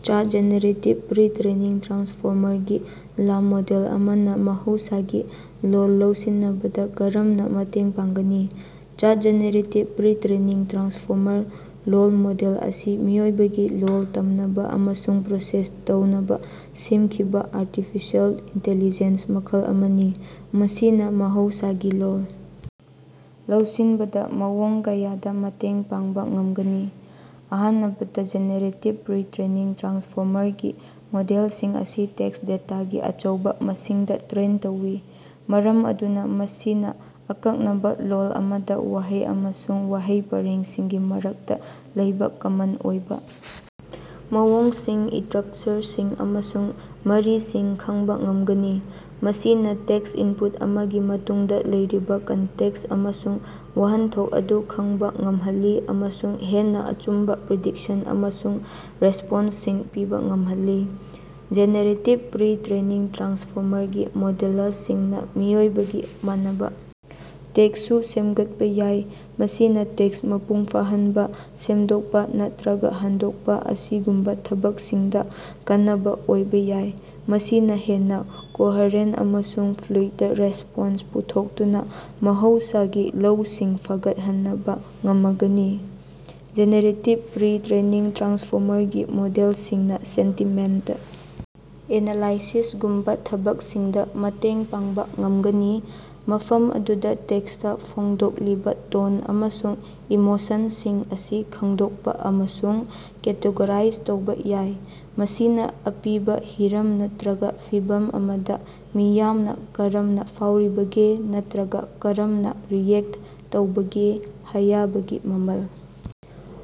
ꯆꯥꯠ generative pretrained transformer ꯒꯤ ꯂꯃꯣꯗꯦꯜ ꯑꯃꯅꯥ ꯃꯍꯧꯁꯥꯒꯤ ꯂꯣꯜ ꯂꯧꯁꯤꯅꯕꯗꯥ ꯀꯔꯝꯅꯥ ꯃꯇꯦꯡ ꯄꯥꯡꯒꯅꯤ? ꯆꯥꯠ ꯖꯦꯅꯦꯔꯦꯇꯤꯕ ꯄ꯭ꯔꯤ-ꯇ꯭ꯔꯦꯅꯤꯡ ꯇ꯭ꯔꯥꯟꯁꯐꯣꯔꯃꯔ ꯂꯣꯜ ꯃꯣꯗꯦꯜ ꯑꯁꯤ ꯃꯤꯑꯣꯏꯕꯒꯤ ꯂꯣꯜ ꯇꯝꯅꯕꯥ ꯑꯃꯁꯨꯡ ꯄ꯭ꯔꯣꯁꯦꯁ ꯇꯧꯅꯕꯥ ꯁꯦꯝꯈꯤꯕꯥ ꯑꯥꯔꯇꯤꯐꯤꯁꯤꯑꯦꯜ ꯏꯟꯇꯦꯂꯤꯖꯦꯟ꯭ꯁ ꯃꯈꯜ ꯑꯃꯅꯤ꯫ ꯃꯁꯤꯅꯥ ꯃꯍꯧꯁꯥꯒꯤ ꯂꯣꯜ ꯂꯧꯁꯤꯟꯕꯗꯥ ꯃꯑꯣꯡ ꯀꯌꯥꯗꯥ ꯃꯇꯦꯡ ꯄꯥꯡꯕꯥ ꯉꯝꯒꯅꯤ: ꯑꯍꯥꯅꯕꯗꯥ, ꯖꯦꯅꯦꯔꯦꯇꯤꯕ ꯄ꯭ꯔꯤ-ꯇ꯭ꯔꯦꯅꯤꯡ ꯇ꯭ꯔꯥꯟꯁꯐꯣꯔꯃꯔ ꯒꯤ ꯃꯣꯗꯦꯜꯁꯤꯡ ꯑꯁꯤ ꯇꯦꯛ꯭ꯁ ꯗꯦꯇꯥꯒꯤ ꯑꯆꯧꯕꯥ ꯃꯁꯤꯡꯗꯥ ꯇ꯭ꯔꯦꯟ ꯇꯧꯏ, ꯃꯔꯝ ꯑꯗꯨꯅꯥ ꯃꯁꯤꯅꯥ ꯑꯀꯛꯅꯕꯥ ꯂꯣꯜ ꯑꯃꯗꯥ ꯋꯥꯍꯩ ꯑꯃꯁꯨꯡ ꯋꯥꯍꯩ ꯄꯔꯦꯡꯁꯤꯡꯒꯤ ꯃꯔꯛꯇꯥ ꯂꯩꯕꯥ ꯀꯃꯟ ꯑꯣꯏꯕꯥ ꯃꯑꯣꯡꯁꯤꯡ, ꯏꯇ꯭ꯔꯛꯆꯔꯁꯤꯡ, ꯑꯃꯁꯨꯡ ꯃꯔꯤꯁꯤꯡ ꯈꯡꯕꯥ ꯉꯝꯒꯅꯤ꯫ ꯃꯁꯤꯅꯥ ꯇꯦꯛ꯭ꯁ ꯏꯟꯄꯨꯠ ꯑꯃꯒꯤ ꯃꯇꯨꯡꯗꯥ ꯂꯩꯔꯤꯕꯥ ꯀꯟꯇꯦꯛ꯭ꯁ ꯑꯃꯁꯨꯡ ꯋꯍꯟꯊꯣꯛ ꯑꯗꯨ ꯈꯡꯕꯥ ꯉꯝꯍꯜꯂꯤ ꯑꯃꯁꯨꯡ ꯍꯦꯟꯅꯥ ꯑꯆꯨꯝꯕꯥ ꯄ꯭ꯔꯤꯗꯤꯛꯁꯟ ꯑꯃꯁꯨꯡ ꯔꯦꯁꯄꯣꯟ꯭ꯁꯁꯤꯡ ꯄꯤꯕꯥ ꯉꯝꯍꯜꯂꯤ꯫ ꯖꯦꯅꯦꯔꯦꯇꯤꯕ ꯄ꯭ꯔꯤ-ꯇ꯭ꯔꯦꯅꯤꯡ ꯇ꯭ꯔꯥꯟꯁꯐꯣꯔꯃꯔ ꯒꯤ ꯃꯣꯗꯦꯂꯁꯤꯡꯅꯥ ꯃꯤꯑꯣꯏꯕꯒꯥ ꯃꯥꯟꯅꯕꯥ ꯇꯦꯛ꯭꯭ꯁꯁꯨ ꯁꯦꯝꯒꯠꯄꯥ ꯌꯥꯏ, ꯃꯁꯤꯅꯥ ꯇꯦꯛꯁ ꯃꯄꯨꯡ ꯐꯥꯍꯟꯕꯥ, ꯁꯦꯝꯗꯣꯛꯄꯥ, ꯅꯠꯔꯒꯥ ꯍꯟꯗꯣꯛꯄꯥ ꯑꯁꯤꯒꯨꯝꯕꯥ ꯊꯕꯛꯁꯤꯡꯗꯥ ꯀꯥꯟꯅꯕꯥ ꯑꯣꯏꯕꯥ ꯌꯥꯏ꯫ ꯃꯁꯤꯅꯥ ꯍꯦꯟꯅꯥ ꯀꯣꯍꯔꯦꯟ ꯑꯃꯁꯨꯡ ꯐ꯭ꯂꯨꯏꯗ ꯔꯦꯁꯄꯣꯟ꯭ꯁ ꯄꯨꯊꯣꯛꯇꯨꯅꯥ ꯃꯍꯧꯁꯥꯒꯤ ꯂꯣꯂꯒꯤ ꯂꯧꯁꯤꯡ ꯐꯒꯠꯍꯅꯕꯥ ꯉꯃꯒꯅꯤ꯫ ꯖꯦꯅꯦꯔꯦꯇꯤꯕ ꯄ꯭ꯔꯤ-ꯇ꯭ꯔꯦꯅꯤꯡ ꯇ꯭ꯔꯥꯟꯁꯐꯣꯔꯃꯔ ꯒꯤ ꯃꯣꯗꯦꯜꯁꯤꯡꯅꯥ ꯁꯦꯟꯇꯤꯃꯦꯟꯇ ꯑꯦꯅꯥꯂꯥꯏꯁꯤꯁꯒꯨꯝꯕꯥ ꯊꯕꯛꯁꯤꯡꯗꯥ ꯃꯇꯦꯡ ꯄꯥꯡꯕꯥ ꯉꯝꯒꯅꯤ, ꯃꯐꯝ ꯑꯗꯨꯗꯥ ꯇꯦꯛ꯭ꯁꯇꯥ ꯐꯣꯡꯗꯣꯛꯂꯤꯕꯥ ꯇꯣꯟ ꯑꯃꯁꯨꯡ ꯏꯃꯣꯁꯟꯁꯤꯡ ꯑꯁꯤ ꯈꯡꯗꯣꯛꯄꯥ ꯑꯃꯁꯨꯡ ꯀꯦꯇꯦꯒꯣꯔꯥ꯭ꯖ ꯇꯧꯕꯥ ꯌꯥꯏ꯫ ꯃꯁꯤꯅꯥ ꯑꯄꯤꯕꯥ ꯍꯤꯔꯝ ꯅꯠꯇ꯭ꯔꯒꯥ ꯐꯤꯚꯝ ꯑꯃꯗꯥ ꯃꯤꯌꯥꯝꯅꯥ ꯀꯔꯝꯅꯥ ꯐꯥꯎꯔꯤꯕꯒꯦ ꯅꯠꯇ꯭ꯔꯒꯥ ꯀꯔꯝꯅꯥ ꯔꯤꯑꯦꯛꯇ ꯇꯧꯕꯒꯦ ꯍꯥꯌꯕꯒꯤ ꯃꯃꯜ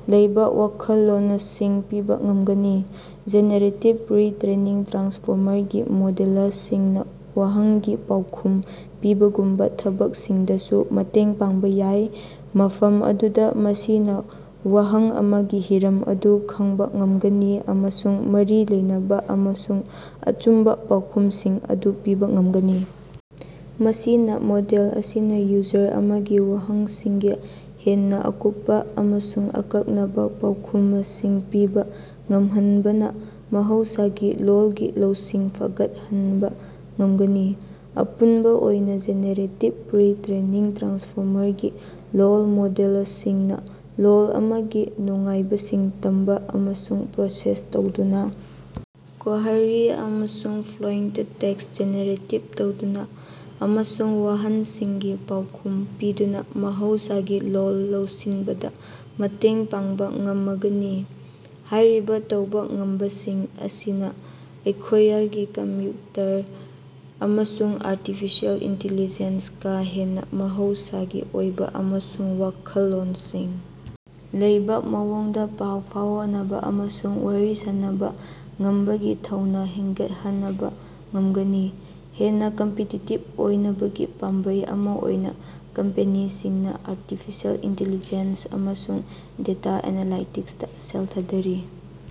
ꯂꯩꯕꯥ ꯋꯥꯈꯜꯂꯣꯅꯁꯤꯡ ꯄꯤꯕꯥ ꯉꯝꯒꯅꯤ꯫ ꯖꯦꯅꯦꯔꯦꯇꯤꯕ ꯄ꯭ꯔꯤ-ꯇ꯭ꯔꯦꯅꯤꯡ ꯇ꯭ꯔꯥꯟꯁꯐꯣꯔꯃꯔ ꯒꯤ ꯃꯣꯗꯦꯂꯁꯤꯡꯅꯥ ꯋꯥꯍꯪꯒꯤ ꯄꯥꯎꯈꯨꯝ ꯄꯤꯕꯒꯨꯝꯕꯥ ꯊꯕꯛꯁꯤꯡꯗꯁꯨ ꯃꯇꯦꯡ ꯄꯥꯡꯕꯥ ꯌꯥꯏ, ꯃꯐꯝ ꯑꯗꯨꯗꯥ ꯃꯁꯤꯅꯥ ꯋꯥꯍꯪ ꯑꯃꯒꯤ ꯍꯤꯔꯝ ꯑꯗꯨ ꯈꯡꯕꯥ ꯉꯝꯒꯅꯤ ꯑꯃꯁꯨꯡ ꯃꯔꯤ ꯂꯩꯅꯕꯥ ꯑꯃꯁꯨꯡ ꯑꯆꯨꯝꯕꯥ ꯄꯥꯎꯈꯨꯃꯁꯤꯡ ꯄꯤꯕꯥ ꯉꯝꯒꯅꯤ꯫ ꯃꯁꯤꯅꯥ ꯃꯣꯗꯦꯜ ꯑꯁꯤꯅꯥ ꯌꯨꯖꯔ ꯑꯃꯒꯤ ꯋꯥꯍꯪꯁꯤꯡꯒꯤ ꯍꯦꯟꯅꯥ ꯑꯀꯨꯞꯄꯥ ꯑꯃꯁꯨꯡ ꯑꯀꯛꯅꯕꯥ ꯄꯥꯎꯈꯨꯃꯁꯤꯡ ꯄꯤꯕꯥ ꯉꯝꯍꯟꯗꯨꯅꯥ ꯃꯍꯧꯁꯥꯒꯤ ꯂꯣꯜꯒꯤ ꯂꯧꯁꯤꯡ ꯐꯒꯠꯍꯟꯕꯥ ꯉꯝꯒꯅꯤ꯫ ꯑꯄꯨꯟꯕꯥ ꯑꯣꯏꯅꯥ, ꯖꯦꯅꯦꯔꯦꯇꯤꯕ ꯄ꯭ꯔꯤ-ꯇ꯭ꯔꯦꯅꯤꯡ ꯇ꯭ꯔꯥꯟꯁꯐꯣꯔꯃꯔ ꯒꯤ ꯂꯣꯜ ꯃꯣꯗꯦꯂꯁꯤꯡꯅꯥ ꯂꯣꯜ ꯑꯃꯒꯤ ꯅꯨꯡꯉꯥꯏꯕꯁꯤꯡ ꯇꯝꯕꯥ ꯑꯃꯁꯨꯡ ꯄ꯭ꯔꯣꯁꯦꯁ ꯇꯧꯗꯨꯅꯥ, ꯀꯣꯍꯔꯤ ꯑꯃꯁꯨꯡ ꯐ꯭ꯂꯨꯑꯦꯟꯇ ꯇꯦꯛꯁ ꯖꯦꯅꯦꯔꯦꯠ ꯇꯧꯗꯨꯅꯥ, ꯁꯦꯟꯇꯤꯃꯦꯟꯇ ꯈꯉꯗꯣꯛꯇꯨꯅꯥ, ꯑꯃꯁꯨꯡ ꯋꯥꯍꯪꯁꯤꯡꯒꯤ ꯄꯥꯎꯈꯨꯝ ꯄꯤꯗꯨꯅꯥ ꯃꯍꯧꯁꯥꯒꯤ ꯂꯣꯜ ꯂꯧꯁꯤꯟꯕꯗꯥ ꯃꯇꯦꯡ ꯄꯥꯡꯕꯥ ꯉꯃꯒꯅꯤ꯫ ꯍꯥꯏꯔꯤꯕꯥ ꯇꯧꯕꯥ ꯉꯝꯕꯁꯤꯡ ꯑꯁꯤꯅꯥ ꯑꯩꯈꯣꯌꯒꯤ ꯀꯝꯞꯌꯨꯇꯔ ꯑꯃꯁꯨꯡ ꯑꯥꯔꯇꯤꯐꯤꯁꯤꯑꯦꯜ ꯏꯟꯇꯦꯂꯤꯖꯦꯟꯁꯀꯥ ꯍꯦꯟꯅꯥ ꯃꯍꯧꯁꯥꯒꯤ ꯑꯣꯏꯕꯥ ꯑꯃꯁꯨꯡ ꯋꯥꯈꯜ ꯂꯧꯁꯤꯡ ꯂꯩꯕꯥ ꯃꯑꯣꯡꯗꯥ ꯄꯥꯎ ꯐꯥꯑꯣꯅꯕꯥ ꯑꯃꯁꯨꯡ ꯋꯥꯔꯤ ꯁꯥꯅꯕꯥ ꯉꯝꯕꯒꯤ ꯊꯧꯅꯥ ꯍꯦꯟꯒꯠꯍꯅꯕꯥ ꯉꯝꯒꯅꯤ꯫ ꯍꯦꯟꯅꯥ ꯀꯝꯄꯤꯇꯤꯇꯤꯕ ꯑꯣꯏꯅꯕꯒꯤ ꯄꯥꯝꯕꯩ ꯑꯃꯥ ꯑꯣꯏꯅꯥ ꯀꯝꯄꯦꯅꯤꯁꯤꯡꯅꯥ ꯑꯥꯔꯇꯤꯐꯤꯁꯤꯑꯦꯜ ꯏꯟꯇꯤꯂꯤꯖꯦꯟ꯭ꯁ ꯑꯃꯁꯨꯡ ꯗꯦꯇꯥ ꯑꯦꯅꯥꯂꯥꯏꯇꯤꯛ꯭ꯁꯇꯥ ꯁꯦꯜ ꯊꯥꯗꯔꯤ꯫